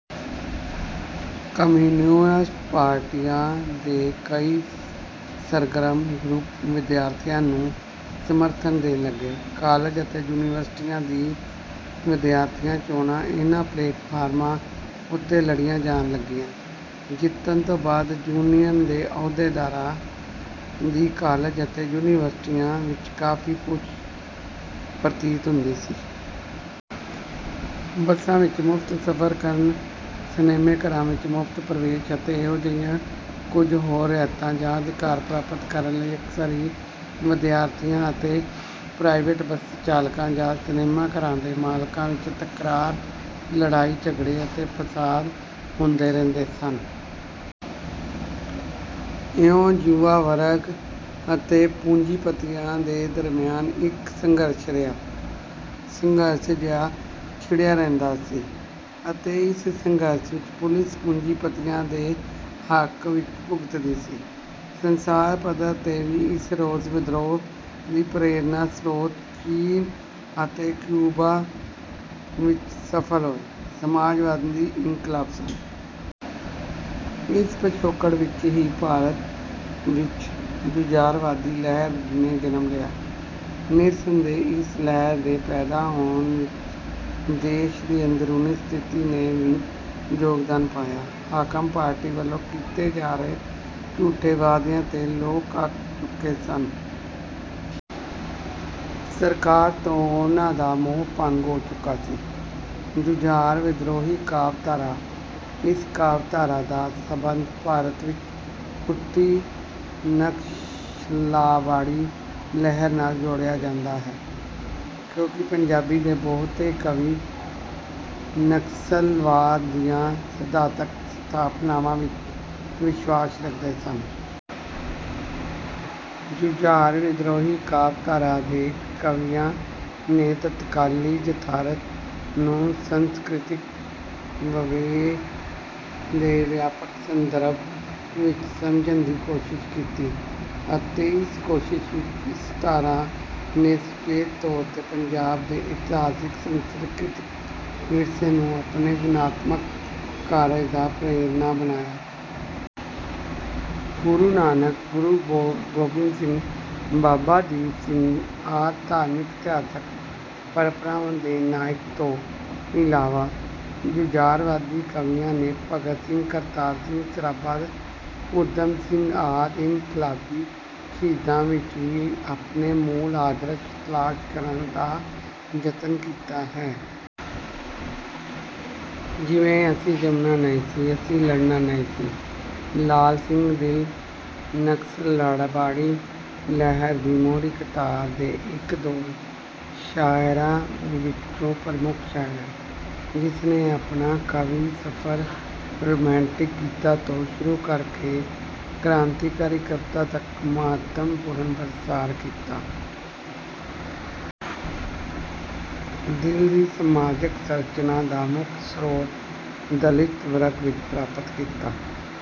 Communist ਪਾਰਟੀਆਂ ਦੇ ਕਈ ਸਰਗਰਮ ਗਰੁੱਪ ਵਿਦਿਆਰਥੀਆਂ ਨੂੰ ਸਮਰਥਨ ਦੇਣ ਲੱਗੇ। ਕਾਲਜਾਂ ਅਤੇ ਯੂਨੀਵਰਸਿਟੀਆਂ ਦੀਆਂ ਵਿਦਿਆਰਥੀ ਚੋਣਾਂ ਇਨ੍ਹਾਂ ਪਲੇਟਫਾਰਮਾਂ ਉੱਤੇ ਲੜੀਆਂ ਜਾਣ ਲੱਗੀਆਂ। ਜਿੱਤਣ ਤੋਂ ਬਾਅਦ ਯੂਨੀਅਨ ਦੇ ਅਹੁਦੇਦਾਰਾਂ ਦੀ ਕਾਲਜਾਂ ਅਤੇ ਯੂਨੀਵਰਸਿਟੀਆਂ ਵਿੱਚ ਕਾਫ਼ੀ ਪੁੱਛ-ਪ੍ਰਤੀਤ ਹੁੰਦੀ ਸੀ। ਬੱਸਾਂ ਵਿੱਚ ਮੁਫ਼ਤ ਸਫ਼ਰ ਕਰਨ, ਸਿਨੇਮਾ ਘਰਾਂ ਵਿੱਚ ਮੁਫ਼ਤ ਪ੍ਰਵੇਸ਼ ਅਤੇ ਇਹੋ ਜਿਹੀਆਂ ਕੁਝ ਹੋਰ ਰਿਆਇਤਾਂ ਜਾਂ ਅਧਿਕਾਰ ਪ੍ਰਾਪਤ ਕਰਨ ਲਈ ਅਕਸਰ ਹੀ ਵਿਦਿਆਰਥੀਆਂ ਅਤੇ ਪ੍ਰਾਈਵੇਟ ਬੱਸ ਚਾਲਕਾਂ ਜਾਂ ਸਿਨੇਮਾ ਘਰਾਂ ਦੇ ਮਾਲਕਾਂ ਵਿੱਚ ਤਕਰਾਰ, ਲੜਾਈ-ਝਗੜੇ ਅਤੇ ਫ਼ਸਾਦ ਹੁੰਦੇ ਰਹਿੰਦੇ ਸਨ। ਇਉਂ ਯੁਵਾ ਵਰਗ ਅਤੇ ਪੂੰਜੀਪਤੀਆਂ ਦੇ ਦਰਮਿਆਨ ਇੱਕ ਸੰਘਰਸ਼ ਜਿਹਾ ਛਿੜਿਆ ਰਹਿੰਦਾ ਸੀ ਅਤੇ ਇਸ ਸੰਘਰਸ਼ ਵਿੱਚ ਪੁਲਿਸ ਪੂੰਜੀਪਤੀਆਂ ਦੇ ਹੱਕ ਵਿੱਚ ਭੁਗਤਦੀ ਸੀ। ਸੰਸਾਰ ਪੱਧਰ ’ਤੇ ਵੀ ਇਸ ਰੋਸ-ਵਿਦਰੋਹ ਦਾ ਪ੍ਰੇਰਣਾ-ਸਰੋਤ ਚੀਨ ਅਤੇ ਕਿਊਬਾ ਵਿੱਚ ਸਫ਼ਲ ਹੋਏ ਸਮਾਜਵਾਦੀ ਇਨਕਲਾਬ ਸਨ। ਇਸ ਪਿਛੋਕੜ ਵਿੱਚ ਹੀ ਭਾਰਤ ਵਿੱਚ ਜੁਝਾਰਵਾਦੀ ਲਹਿਰ ਨੇ ਜਨਮ ਲਿਆ। ਨਿਰਸੰਦੇਹ, ਇਸ ਲਹਿਰ ਦੇ ਪੈਦਾ ਹੋਣ ਵਿੱਚ ਦੇਸ਼ ਦੀ ਅੰਦਰੂਨੀ ਸਥਿਤੀ ਨੇ ਵੀ ਯੋਗਦਾਨ ਪਾਇਆ। ਹਾਕਮ ਪਾਰਟੀ ਵੱਲੋਂ ਕੀਤੇ ਜਾ ਰਹੇ ਝੂਠੇ ਵਾਅਦਿਆਂ ਤੋਂ ਲੋਕ ਅੱਕ ਚੁੱਕੇ ਸਨ। ਸਰਕਾਰ ਤੋਂ ਉਨ੍ਹਾਂ ਦਾ ਮੋਹ-ਭੰਗ ਹੋ ਚੁੱਕਾ ਸੀ। ਜੁਝਾਰ-ਵਿਦਰੋਹੀ ਕਾਵਿ ਧਾਰਾ: ਇਸ ਕਾਵਿ ਧਾਰਾ ਦਾ ਸੰਬੰਧ ਭਾਰਤ ਵਿੱਚ ਉੱਠੀ ਨਕਸਲਬਾੜੀ ਲਹਿਰ ਨਾਲ ਜੋੜਿਆ ਜਾਂਦਾ ਹੈ, ਕਿਉਂਕਿ ਪੰਜਾਬੀ ਦੇ ਬਹੁਤੇ ਕਵੀ ਨਕਸਲਵਾਦ ਦੀਆਂ ਸਿਧਾਂਤਕ ਸਥਾਪਨਾਵਾਂ ਵਿੱਚ ਵਿਸ਼ਵਾਸ ਰੱਖਦੇ ਸਨ। ਜੁਝਾਰ-ਵਿਦਰੋਹੀ ਕਾਵਿ ਧਾਰਾ ਦੇ ਕਵੀਆਂ ਨੇ ਤਤਕਾਲੀ ਯਥਾਰਥ ਨੂੰ ਸਾਂਸਕ੍ਰਿਤਿਕ ਵਿਵੇਕ ਦੇ ਵਿਆਪਕ ਸੰਦਰਭ ਵਿੱਚ ਸਮਝਣ ਦੀ ਕੋਸ਼ਿਸ਼ ਕੀਤੀ ਅਤੇ ਇਸ ਕੋਸ਼ਿਸ਼ ਵਿੱਚ ਇਸ ਧਾਰਾ ਨੇ ਸੁਚੇਤ ਤੌਰ ’ਤੇ ਪੰਜਾਬ ਦੇ ਇਤਿਹਾਸਕ-ਸਾਂਸਕ੍ਰਿਤਿਕ ਵਿਰਸੇ ਨੂੰ ਆਪਣੇ ਗੁਣਾਤਮਕ ਕਾਰਜ ਦੀ ਪ੍ਰੇਰਣਾ ਬਣਾਇਆ। ਗੁਰੂ ਨਾਨਕ, ਗੁਰੂ ਗੋਬਿੰਦ ਸਿੰਘ, ਬਾਬਾ ਦੀਪ ਸਿੰਘ ਆਦਿ ਧਾਰਮਿਕ-ਇਤਿਹਾਸਕ ਪਰੰਪਰਾ ਦੇ ਨਾਇਕਾਂ ਤੋਂ ਇਲਾਵਾ, ਜੁਝਾਰਵਾਦੀ ਕਵੀਆਂ ਨੇ ਭਗਤ ਸਿੰਘ, ਕਰਤਾਰ ਸਿੰਘ ਸਰਾਭਾ, ਊਧਮ ਸਿੰਘ ਆਦਿ ਇਨਕਲਾਬੀ ਸ਼ਹੀਦਾਂ ਵਿੱਚ ਵੀ ਆਪਣੇ ਮੂਲ ਆਦਰਸ਼ ਤਲਾਸ਼ ਕਰਨ ਦਾ ਯਤਨ ਕੀਤਾ ਹੈ। ਜਿਵੇਂ: “ਅਸੀਂ ਜੰਮਣਾ ਨਹੀਂ ਸੀ, ਅਸੀਂ ਲੜਨਾ ਨਹੀਂ ਸੀ।” ਲਾਲ ਸਿੰਘ ਦਿਲ ਨਕਸਲਬਾੜੀ ਲਹਿਰ ਦੀ ਮੋਹਰੀ ਕਤਾਰ ਦੇ ਇੱਕ-ਦੋ ਸ਼ਾਇਰਾਂ ਵਿੱਚੋਂ ਪ੍ਰਮੁੱਖ ਸ਼ਾਇਰ ਹੈ, ਜਿਸ ਨੇ ਆਪਣਾ ਕਾਵਿ-ਸਫ਼ਰ ਰੁਮਾਂਟਿਕ ਗੀਤਾਂ ਤੋਂ ਸ਼ੁਰੂ ਕਰਕੇ ਕ੍ਰਾਂਤੀਕਾਰੀ ਕਵਿਤਾ ਤੱਕ ਮਹੱਤਵਪੂਰਨ ਪਸਾਰ ਕੀਤਾ। “ਦਿਲ ਦੀ ਸਮਾਜਕ ਸਰੰਚਨਾ ਦਾ ਮੁੱਖ ਸਰੋਤ ਦਲਿਤ ਵਰਗ ਵਿੱਚ ਪ੍ਰਾਪਤ ਕੀਤਾ...